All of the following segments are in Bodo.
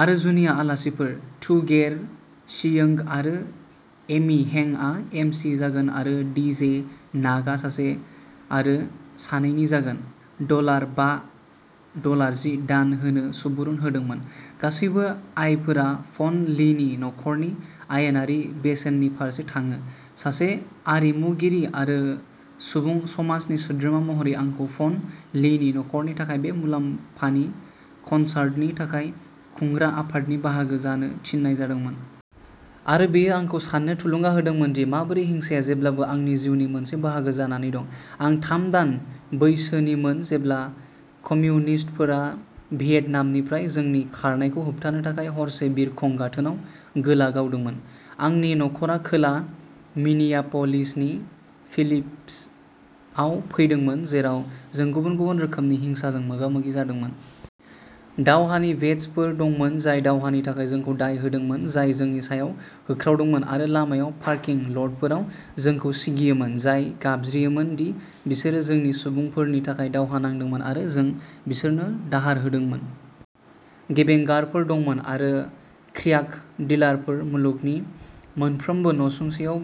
आरो जुनिया आलासिफोर। तु गेर शियोंग आरो एमि हेंआ एमसी जागोन आरो डीजे नाकआ सासे आरो सानैनि जागोन। दलार बा दलार जि दान होनो सुबुरुन होदोंमोन। गासैबो आयफोरा फ'न लीनि नखरनि आयेनारि बेसेननि फारसे थाङो। सासे आरिमुगिरि आरो सुबुं समाजनि सोद्रोमा महरै, आंखौ फ'न लीनि नखरनि थाखाय बे मुलाम्फानि कनसार्टनि थाखाय खुंग्रा आफादनि बाहागो जानो थिननाय जादोंमोन। आरो बेयो आंखौ साननो थुलुंगा होदोंमोन दि माबोरै हिंसाया जेब्लाबो आंनि जिउनि मोनसे बाहागो जानानै दं। आं थाम दान बैसोनिमोन जेब्ला कमिउनिस्टफोरा भियेटनामनिफ्राय जोंनि खारनायखौ होबथानो थाखाय हरसे बिरखं गाथोनआव गोला गावदोंमोन। आंनि नखरा खोला मिनियाप'लिसनि फिलिप्सआव फैदोंमोन, जेराव जों गुबुन-गुबुन रोखोमनि हिंसाजों मोगा-मोगि जादोंमोन। दावहानि भेट्सफोर दंमोन जाय दावहानि थाखाय जोंखौ दाय होदोंमोन, जाय जोंनि सायाव होख्रावदोंमोन आरो लामायाव पार्किं ल'टफोराव जोंखौ सिगियोमोन, जाय गाबज्रियोमोन दि बिसोरो जोंनि सुबुंफोरनि थाखाय दावहा नांदोंमोन आरो जों बिसोरनो दाहार होदोंमोन। गेंबेंगारफोर दंमोन। आरो क्र्याक डिलारफोर-मुलुगनि मोनफ्रोमबो नसुंसेआव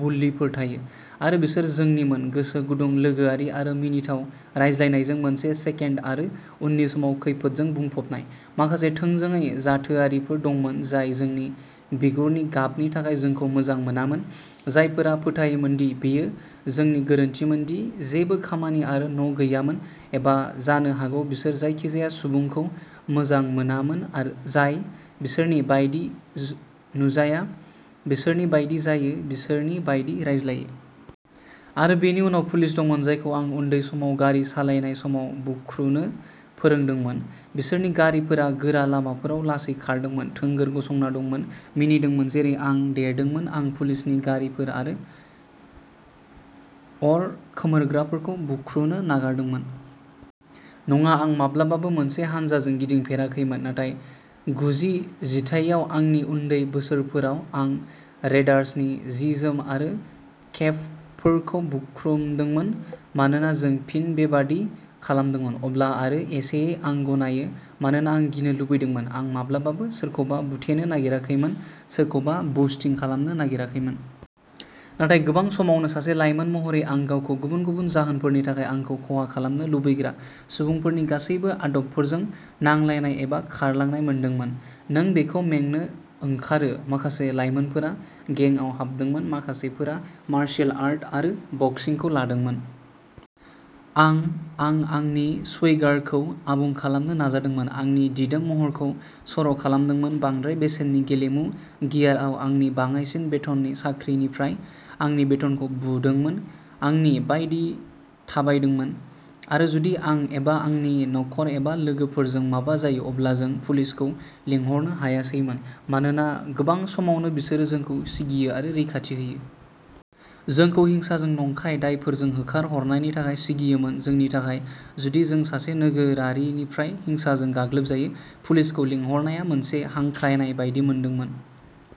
बुल्लिफोर थायो, आरो बिसोर जोंनिमोन, गोसो गुदुं, लोगोआरि आरो मिनिथाव रायज्लायनायजों मोनसे सेकेन्ड आरो उननि समाव खैफोदजों बुंफबनाय। माखासे थोंजोङै जाथोआरिफोर दंमोन जाय जोंनि बिगुरनि गाबनि थाखाय जोंखौ मोजां मोनामोन, जायफोरा फोथायोमोन दि बेयो जोंनि गोरोन्थिमोन दि जेबो खामानि आरो न'गैयामोन, एबा जानो हागौ बिसोर जायखिजाया सुबुंखौ मोजां मोनामोन जाय बिसोरनि बायदि नुजाया, बिसोरनि बायदि जायो, बिसोरनि बायदि रायज्लायो। आरो बेनि उनाव पुलिस दंमोन, जायखौ आं उन्दै समाव गारि सालायनाय समाव बुख्रुनो फोरोंदोंमोन, बिसोरनि गारिफोरा गोरा लामाफोराव लासै खारदोंमोन, थोंगोर गसंना दंमोन, मिनिदोंमोन। जेरै आं देरदोंमोन, आं पुलिसनि गारिफोर आरो अर खोमोरग्राफोरखौ बुख्रुनो नागारदोंमोन। नङा, आं माब्लाबाबो मोनसे हान्जाजों गिदिंफेराखैमोन, नाथाय गुजि जिथाइयाव आंनि उन्दै बोसोरफोराव आं रेडार्सनि जि-जोम आरो केपफोरखौ बुख्रुमदोंमोन, मानोना जों फिन बेबादि खालामदोंमोन। अब्ला, आरो एसेयै, आं गनायो, मानोना आं गिनो लुबैदोंमोन। आं माब्लाबाबो सोरखौबा बुथेनो नागिराखैमोन, सोरखौबा बुस्टिं खालामनो नागिराखैमोन। नाथाय गोबां समावनो, सासे लाइमोन महरै आं गावखौ गुबुन गुबुन जाहोनफोरनि थाखाय आंखौ खहा खालामनो लुबैग्रा सुबुंफोरनि गासैबो आदबफोरजों नांलायनाय एबा खारलांनाय मोनदोंमोन। नों बेखौ मेंनो ओंखारो। माखासे लाइमोनफोरा गेंआव हाबदोंमोन, माखासेफोरा मार्शियेल आर्ट आरो बक्सिंखौ लादोंमोन। आं, आं आंनि स्वैगारखौ आबुं खालामनो नाजादोंमोन, आंनि दिदोम महरखौ सर'खालामदोंमोन, बांद्राय बेसेननि गेलेमु गियारआव आंनि बाङाइसिन बेथननि साख्रिनिफ्राय आंनि बेथनखौ बुदोंमोन, आंनि बायदि थाबायदोंमोन। आरो जुदि आं एबा आंनि नखर एबा लोगोफोरजों माबा जायो, अब्ला जों पुलिसखौ लिंहरनो हायासैमोन, मानोना गोबां समावनो बिसोरो जोंखौ सिगियो आरो रैखाथि होयो। जोंखौ हिंसाजों नंखाय दायफोरजों होखार हरनायनि थाखाय सिगियोमोन। जोंनि थाखाय जुदि जों सासे नोगोरारिनिफ्राय हिंसाजों गाग्लोबजायो पुलिसखौ लिंहरनाया मोनसे हांख्रायनाय बायदि मोनदोंमोन।